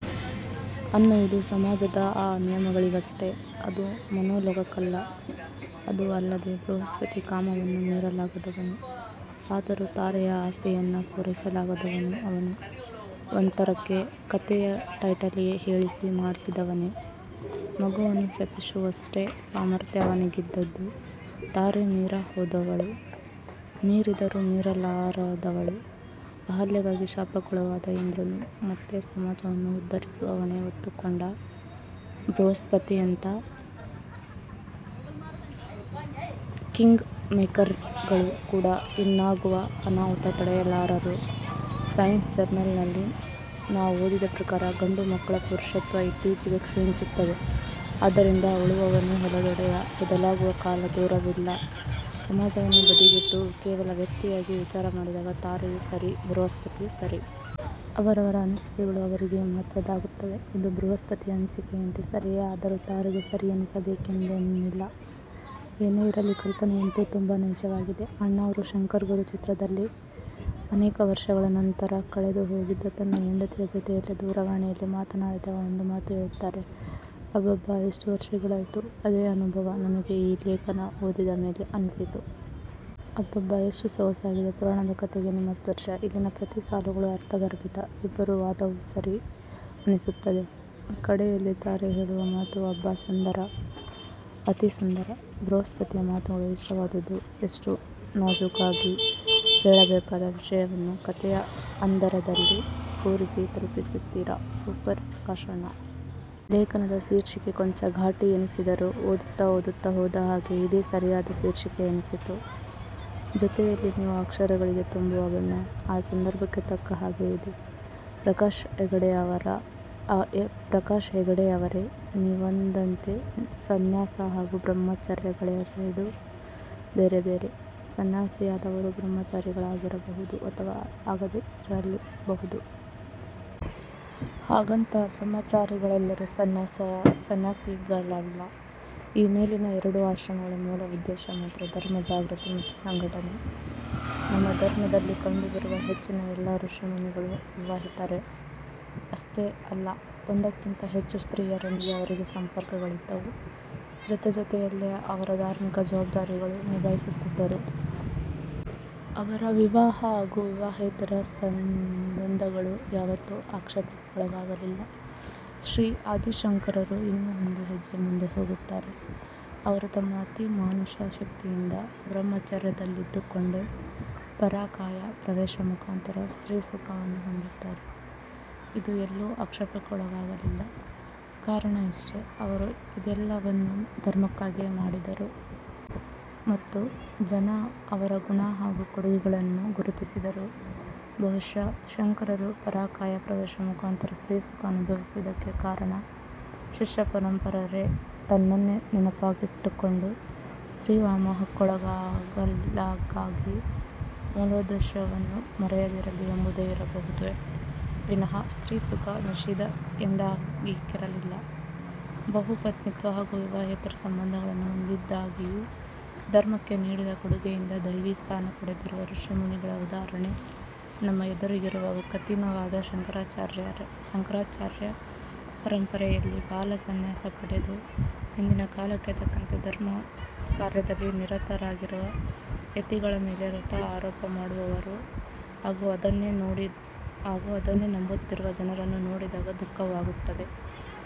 ಅನ್ನುವುದು ಸಮಾಜದ ಆ ನಿಯಮಗಳಿಗಷ್ಟೆ.. ಅದು ಮನೋಲೋಕಕ್ಕಲ್ಲಅದು ಅಲ್ಲದೆ ಬೃಹಸ್ಪತಿ ಕಾಮವನ್ನ ಮೀರಲಾಗದವನು ಆದರೂ ತಾರೆಯ ಆಸೆಯನ್ನ ಪೂರೈಸಲಾಗದವನುಅವನು ಒಂಥರಕ್ಕೆ ಕಥೆಯ ಟೈಟಲ್ಲಿಗೆ ಹೇಳಿಸಿ ಮಾಡಿಸಿದವನೆ ಮಗುವನ್ನು ಶಪಿಸುವಷ್ಟೇ ಸಾಮರ್ಥ್ಯ ಅವನಿಗಿದ್ದದ್ದು ತಾರೆ ಮೀರಹೋದವಳು. ಮೀರಿದರೂ ಮೀರಲಾರದವಳು. ಅಹಲ್ಯೆಗಾಗಿ ಶಾಪಕ್ಕೊಳಗಾದ ಇಂದ್ರನೂ. ಮತ್ತೆ ಸಮಾಜವನ್ನು ಉದ್ಧರಿಸುವ ಹೊಣೆ ಹೊತ್ತುಕೊಂಡ ಬೃಹಸ್ಪತಿಯಂತ ಕಿಂಗ್ ಮೇಕರ್ರ್ ಗಳು ಕೂಡ ಇನ್ನಾಗುವ ಅನಾಹುತ ತಡೆಯಲಾರರುಸೈನ್ಸ್ ಜರ್ನಲ್ ನಲ್ಲಿ ನಾ ಓದಿದ ಪ್ರಕಾರ, ಗಂಡು ಮಕ್ಕಳ ಪುರುಷತ್ವ ಇತ್ತೀಚಿಗೆ ಕ್ಷೀಣಿಸುತ್ತಿದೆ, ಆದ್ದರಿಂದ ಉಳುವವನೇ ಹೊಲದೊಡೆಯ ಬದಲಾಗುವ ಕಾಲ ದೂರವಿಲ್ಲಸಮಾಜವನ್ನು ಬದಿಗಿಟ್ಟು ಕೇವಲ ವ್ಯಕ್ತಿಯಾಗಿ ವಿಚಾರಮಾಡಿದಾಗ ತಾರೆಯೂ ಸರಿ ಬೃಹಸ್ಪತಿಯೂ ಸರಿ. ಅವರವರ ಅನಿಸಿಕೆಗಳು ಅವರಿಗೆ ಮಹತ್ವದ್ದಾಗುತ್ತವೆ. ಇದು ಬೃಹಸ್ಪತಿಯ ಅನಿಸಿಕೆಯಂತೆ ಸರಿಯೇಅದರೂ ತಾರೆಗೆ ಸರಿಯೆನಿಸಬೇಕೆಂದೇನಿಲ್ಲಏನೆ ಇರಲಿ ಕಲ್ಪನೆಯಂತೂ ತುಂಬ ನೈಜವಾಗಿದೆ. ಅಣ್ಣಾವ್ರು ಶಂಕರ್ ಗುರು ಚಿತ್ರದಲ್ಲಿ ಅನೇಕ ವರ್ಷಗಳ ನಂತರ ಕಳೆದು ಹೋಗಿದ್ದ ತನ್ನ ಹೆಂಡತಿಯ ಜೊತೆಯಲ್ಲಿ ದೂರವಾಣಿಯಲ್ಲಿ ಮಾತಾಡಿದಾಗ ಒಂದು ಮಾತು ಹೇಳುತ್ತಾರೆ "ಅಬ್ಬಬ್ಬಾ ಎಷ್ಟು ವರ್ಷಗಳಾಯ್ತು" ಅದೇ ಅನುಭವ ನನಗೆ ಈ ಲೇಖನ ಓದಿದ ಮೇಲೆ ಅನಿಸಿತು. ಅಬ್ಬಬ್ಬಾ ಎಷ್ಟು ಸೊಗಸಾಗಿದೆ ಪುರಾಣದ ಕಥೆಗೆ ನಿಮ್ಮ ಸ್ಪರ್ಶ. ಇಲ್ಲಿನ ಪ್ರತಿ ಸಾಲುಗಳು ಅರ್ಥಗರ್ಭಿತ. ಇಬ್ಬರ ವಾದವೂ ಸರಿ ಅನ್ನಿಸುತ್ತದೆ ಕಡೆಯಲ್ಲಿ ತಾರೆ ಹೇಳುವ ಮಾತು ಅಬ್ಬಾ ಸುಂದರ ಅತಿ ಸುಂದರ. ಬೃಹಸ್ಪತಿಯ ಮಾತುಗಳು ಇಷ್ಟವಾದವುಎಷ್ಟು ನಾಜೂಕಾಗಿ ಹೇಳಬೇಕಾದ ವಿಷಯವನ್ನು ಕಥೆಯ ಹಂದರದಲ್ಲಿ ಕೂರಿಸಿ ತಲುಪಿಸುತ್ತೀರಾ ಸೂಪರ್ ಪ್ರಕಾಶಣ್ಣ. ಲೇಖನದ ಶೀರ್ಷಿಕೆ ಕೊಂಚ ಘಾಟಿ ಎನಿಸಿದರೂ ಓದುತ್ತ ಓದುತ್ತಾ ಹೋದ ಹಾಗೆ ಇದೆ ಸರಿಯಾದ ಶೀರ್ಷಿಕೆ ಎನ್ನಿಸಿತು. ಜೊತೆಯಲ್ಲಿ ನೀವು ಅಕ್ಷರಗಳಿಗೆ ತುಂಬುವ ಬಣ್ಣ. ಆ ಸಂದರ್ಭಕ್ಕೆ ತಕ್ಕ ಹಾಗೆ ಇದೆ. ಪ್ರಕಾಶ ಹೆಗಡೆಯವರೇ ನೀವಂದಂತೇ ಸನ್ಯಾಸ ಹಾಗೂ ಬ್ರಹ್ಮಚರ್ಯಗಳೆರದೂ ಬೇರೆ ಬೇರೆ. ಸನ್ಯಾಸಿಯಾದವರು ಬ್ರಹ್ಮಚಾರಿಗಳಾಗಿರಬಹುದು ಅಥವಾ ಆಗದೇ ಇರಲುಬಹುದು. ಹಾಗಂತ ಬ್ರಹ್ಮಚಾರಿಗಳೆಲ್ಲರೂ ಸನ್ಯಾಸಿಗಲಲ್ಲ. ಈಮೇಲಿನ ಎರಡೂ ಆಶ್ರಮಗಳ ಮೂಲ ಉದ್ದೇಶ ಮಾತ್ರ ಧರ್ಮ ಜಾಗ್ರತಿ ಮತ್ತು ಸಂಘಟನೆ. ನಮ್ಮ ಧರ್ಮದಲ್ಲಿ ಕಂಡು ಬರುವ ಹೆಚ್ಚಿನ ಎಲ್ಲ ಋಷಿಮುನಿಗಳೂ ವಿವಾಹಿತರೆ. ಅಶ್ತೆ ಅಲ್ಲ ಒಂದಕ್ಕಿಂತ ಹೆಚ್ಚು ಸ್ತ್ರೀ ಯರೊಂದಿಗೆ ಅವರಿಗೆ ಸಂಪರ್ಕಗಳಿದ್ದವು. ಜೊತೆಜೊತೆಯಲ್ಲೇ ಅವರ ಧಾರ್ಮಿಕ ಜವಾಬ್ದಾರಿಗಳನ್ನೂ ನಿಭಾಯಿಸುತ್ತಿದ್ದರು. ಅವರ ವಿವಾಹ ಹಾಗೂ ವಿವಾಹೇತರ ಸಂಬನ್ಧಗಳು ಯಾವತ್ತೂ ಆಕ್ಷೇಪಕ್ಕೊಳಗಾಗಲಿಲ್ಲ. ಶ್ರೀ ಆದಿಶಂಕರರು ಇನ್ನೂ ಒಂದು ಹೆಜ್ಜೆ ಮುಂದೆ ಹೋಗುತ್ತಾರೆ. ಅವರು ತಮ್ಮ ಅತಿ ಮಾನುಷ ಶಕ್ತಿಯಿಂದ ಬ್ರಹ್ಮ ಚರ್ಯದಲ್ಲಿದ್ದುಕೊಂಡೇ ಪರಕಾಯ ಪ್ರವೇಶ ಮುಖಾಂತರ ಸ್ತ್ರೀ ಸುಖವನ್ನು ಹೊಂದುತ್ತಾರೆ. ಇದು ಎಲ್ಲೂ ಅಕ್ಷೇಪಕ್ಕೊಳಗಾಗಲಿಲ್ಲ. ಕಾರಣ ಇಷ್ಟೇ ಅವರು ಇದೆಲ್ಲವನ್ನೂ ಧರ್ಮಕ್ಕಗಿಯೇ ಮಾಡಿದರು. ಮತ್ತು ಜನ ಅವರ ಗುಣ ಹಾಗೂ ಕೊಡುಗೆಗಳನ್ನು ಗುರುತಿಸಿದರು. ಬಹುಶಃ ಶಂಕರರು ಪರಕಾಯ ಪ್ರವೇಶ ಮುಖಾಂತರ ಸ್ತ್ರೀ ಸುಖ ಅನುಭವಿಸುವುದಕ್ಕೆ ಕಾರಣ ತನ್ನ ಶಿಷ್ಯ ಪರಂಪರೆ ತನ್ನನ್ನೇ ನೆಪವಾಗಿಟ್ಟುಕೊಂಡು ಸ್ತ್ರೀ ವ್ಯಾಮೋಹಕ್ಕೋಳಾಲಗಾಗಿ ಮೂಲೋದ್ದೇಶವನ್ನು ಮರೆಯದಿರಲಿ ಎಂಬುದೇ ಇರಬಹುದೇ ವಿನಃ ಸ್ತ್ರೀ ಸುಖ ನಿಷಿಧ ಎನ್ದಾಗಿರಲಿಕ್ಕಿಲ್ಲ. ಬಹುಪತ್ನಿತ್ವ ಹಾಗೂ ವಿವಾಹೇತರ ಸಂಬಂಧಗಳನ್ನು ಹೊಂದಿದ್ದಾಗ್ಯೂ ಧರ್ಮಕ್ಕೆ ನೀಡಿದ ಕೊಡುಗೆಯಿಂದ ದೈವೀ ಸ್ಥಾನ ಪಡೆದಿರುವ ಋಷಿಮುನಿಗಳ ಉದಾಹರಣೆ ನಮ್ಮ ಎದುರಿಗಿರುವಾಗ ಕಥಿನವಾದ ಶಂಕರಾಚಾರ್ಯ ಪರಂಪರೆಯಲ್ಲಿ ಬಾಲ ಸನ್ಯಾಸ ಪಡೆದು ಇಂದಿನ ಕಾಲಕೆ ತಕ್ಕಂತೆ ಧರ್ಮ ಕಾರ್ಯದಲ್ಲಿ ನಿರತ ರಾಗಿರುವ ಯತಿಗಳ ಮೇಲೆ ವ್ರತ ಆರೋಪ ಮಾಡುವವರು ಹಾಗೂ ಅದನ್ನೇ ನಂಬುತ್ತಿರುವ ಜನರನ್ನು ನೋಡಿದಾಗ ದುಃಖವಾಗುತ್ತದೆ.